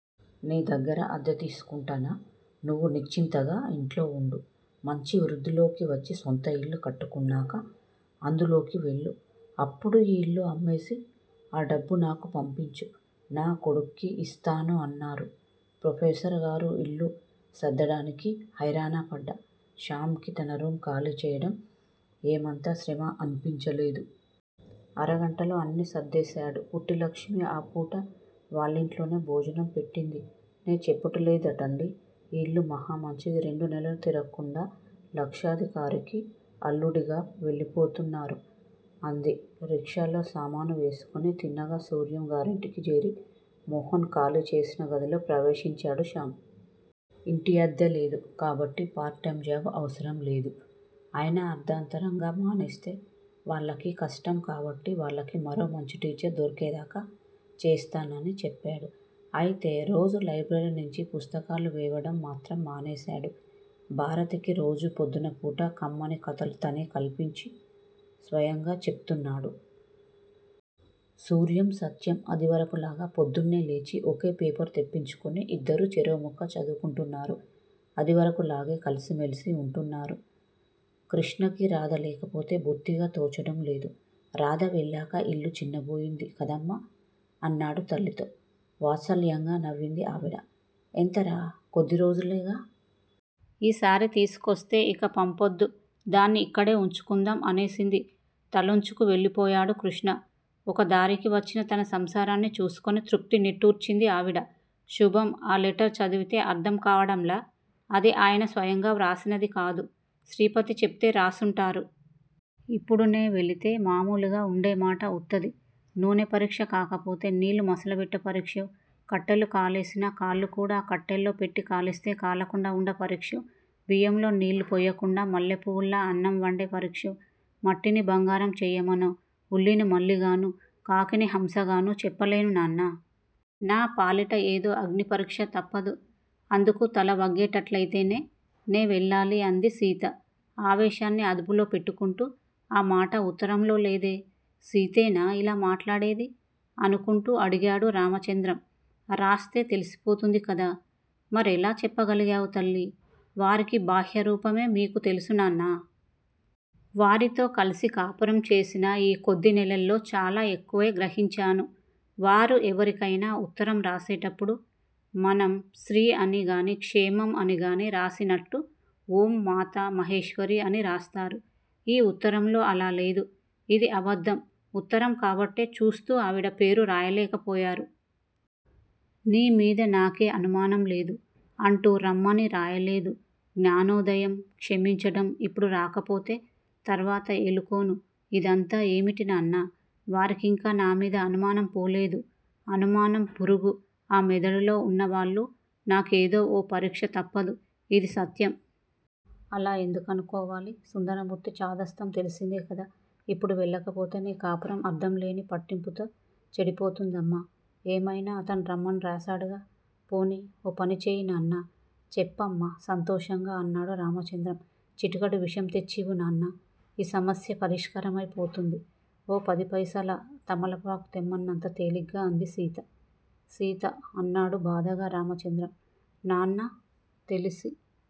నీ దగ్గర అద్దె తీసుకుంటానా? నువ్వు నిశ్చింతగా ఇంట్లో వుండు మంచి వృద్దిలోకి వచ్చి స్వంత ఇల్లు కట్టుక్కున్నాక అందులోకి వెళ్ళు. అప్పుడు ఈ యిల్లు అమ్మేసి ఆ డబ్బు నాకు పంపించు. నా కొడుక్కి యిస్తాను అన్నారు. ప్రొఫెసర్ గారు యిల్లు సర్దడానికి హైరానాపడ్డ శ్యామ్ కి తన రూం ఖాళీ చెయ్యడం ఏమంత శ్రమ అనిపించలేదు. అరగంటలో అన్నీ సర్దేశాడు. పుట్టిలక్ష్మి ఆ పూట వాళ్ళింట్లోనే భోజనం పెట్టింది నే చెపుట్టలేదటండీ, ఈ యిల్లు మహా మంచిది. రెండు నెలలు తిరక్కుండా లక్షాధికారికి అల్లుడిగా వెళ్ళిపోతున్నారు అంది. రిక్షాలో సామానువేసుకుని తిన్నగా సూర్యం గారింటికి జేరి మోహన్ ఖాళీ చేసిన గదిలో ప్రవేశించాడు శ్యామ్. ఇంటి అద్దె లేదు కాబట్టి పార్ట్ టైం జాబ్ అవసరంలేదు. అయినా అర్థాంతరంగా మానేస్తే వాళ్ళకి కష్టం కాబట్టి వాళ్ళకి మరో మంచి టీచర్ దొరికేదాకా చేస్తానని చెప్పాడు. అయితే రోజూ లైబ్రరీనించి పుస్తకాలు వేవడం మాత్రం మానేసాడు. భారతికి రోజు పొద్దున పూట కమ్మని కథలు తనే కల్పించి స్వయంగా చెప్తున్నాడు. సూర్యం, సత్యం అదివరకులాగా పొద్దున్నే లేచి ఒకే పేపరు తెప్పించుకుని యిద్దరూ చెరో ముక్కా చదువుకుంటున్నారు. అదివరకులాగే కలిసిమెలిసి ఉంటున్నారు. క్రిష్ణకి రాధ లేకపోతే బొత్తిగా తోచడంలేదు. రాధ వెళ్ళాక యిల్లు చిన్నబోయింది కదమ్మా! అన్నాడు తల్లితో. వాత్సల్యంగా నవ్వింది ఆవిడ. ఎంతరా! కొద్ది రోజులేగా. ఈసారి తీసుకొస్తే యిక పంపొద్దు దాన్ని. ఇక్కడే ఉంచుకుందాం అనేసింది. తలొంచుకు వెళ్ళిపోయాడు కృష్ణ. ఒకదారికి వచ్చిన తన సంసారాన్ని చూసుకుని తృప్తి నిట్టూర్చింది ఆవిడ. శుభం అ లెటర్ చదివితే అర్ధం కావటంలా? అది అయన స్వయంగా వ్రాసినది కాదు. శ్రీపతి చెప్తే రాసుంటారు. ఇప్పుడు నే వెళితే మాములుగా ఉండేమాట ఉత్తది. నూనె పరిక్ష కాకపోతే నీళ్ళు మసలబెట్టే పరిక్షో కట్టెలు కాలేసి నా కాళ్ళు కూడా ఆ కట్టెల్లో పెట్టి కాలిస్తే కాలకుండా వుండే పరిక్షో బియ్యంలో నీళ్ళు పొయ్యకుండా మల్లెపువ్వుల్లా అన్నం వండే పరిక్షో, మట్టిని బంగారం చేయ్యమనో, ఉల్లిని మళ్ళి గాను, కాకిని హంసగాను, చెప్పలేను నాన్నా! నా పాలిట ఏదో అగ్ని పరిక్ష తప్పదు. అందుకు తలవగ్గేటట్లయితేనే నే వెళ్ళాలి. అంది సీత ఆవేశాన్ని అదుపులో పెట్టుకుంటూ. ఆ మాట ఉత్తరంలో లేదే? సీతేనా ఇలా మాట్లాడేది అనుకుంటూ అడిగాడు రామచంద్రం. రాస్తే తెలిసిపోతుంది కదా? మరెలా చెప్పగాలిగావ్ తల్లి? వారికీ బాహ్య రూపమే మీకు తెలుసు నాన్నా! వారితో కల్సి కాపురం చేసిన ఈ కొద్ది నెలల్లో చాలా ఎక్కువే గ్రహించాను. వారు ఎవరికైనా ఉత్తరం రాసేటప్పుడు, మనం శ్రీ అని గాని క్షేమం అని గాని రాసినట్టు ఓం మాతా మహేశ్వరీ అని రాస్తారు. ఈ ఉత్తరంలో అలా లేదు. ఇది అబద్దం ఉత్తరం కాబట్టే చూస్తూ ఆవిడ పేరు రాయలేకపోయారు. నీ మీద నాకే అనుమానం లేదు, అంటూ రమ్మని రాయలేదు. జ్ఞానోదయం, క్షమించటం, ఇప్పుడు రాకపోతే తర్వాత ఏలుకోను, ఇదంతా ఏమిటి నాన్నా? వారికింకా నా మీద అనుమానం పోలేదు. అనుమానం పురుగు ఆ మెదడులో ఉన్నవాళ్ళు నాకేదో ఓ పరిక్ష తప్పదు, ఇది సత్యం. అలా ఎందుకనుకోవాలి? సుందరమూర్తి చాదస్తం తెలిసిందే కదా? ఇప్పుడు వెళ్ళకపోతే నీ కాపురం అర్ధం లేని పట్టింపుతో చెడిపోతుందమ్మా! ఏమయినా అతను రమ్మని రాశాడుగా పోనీ ఓపని చేయినాన్నా! చెప్పమ్మా సంతోషంగా అన్నాడు రామచంద్రం. చిటికెడు విషం తెచ్చివ్వు నాన్నా! ఈ సమస్య పరిష్కారమైపోతుంది. ఓ పదిపైసల తమలపాకు తెమ్మన్నంత తేలిగ్గా అంది సీత. సీత అన్నాడు బాధగా రామచంద్రం. నాన్నా! తెలిసి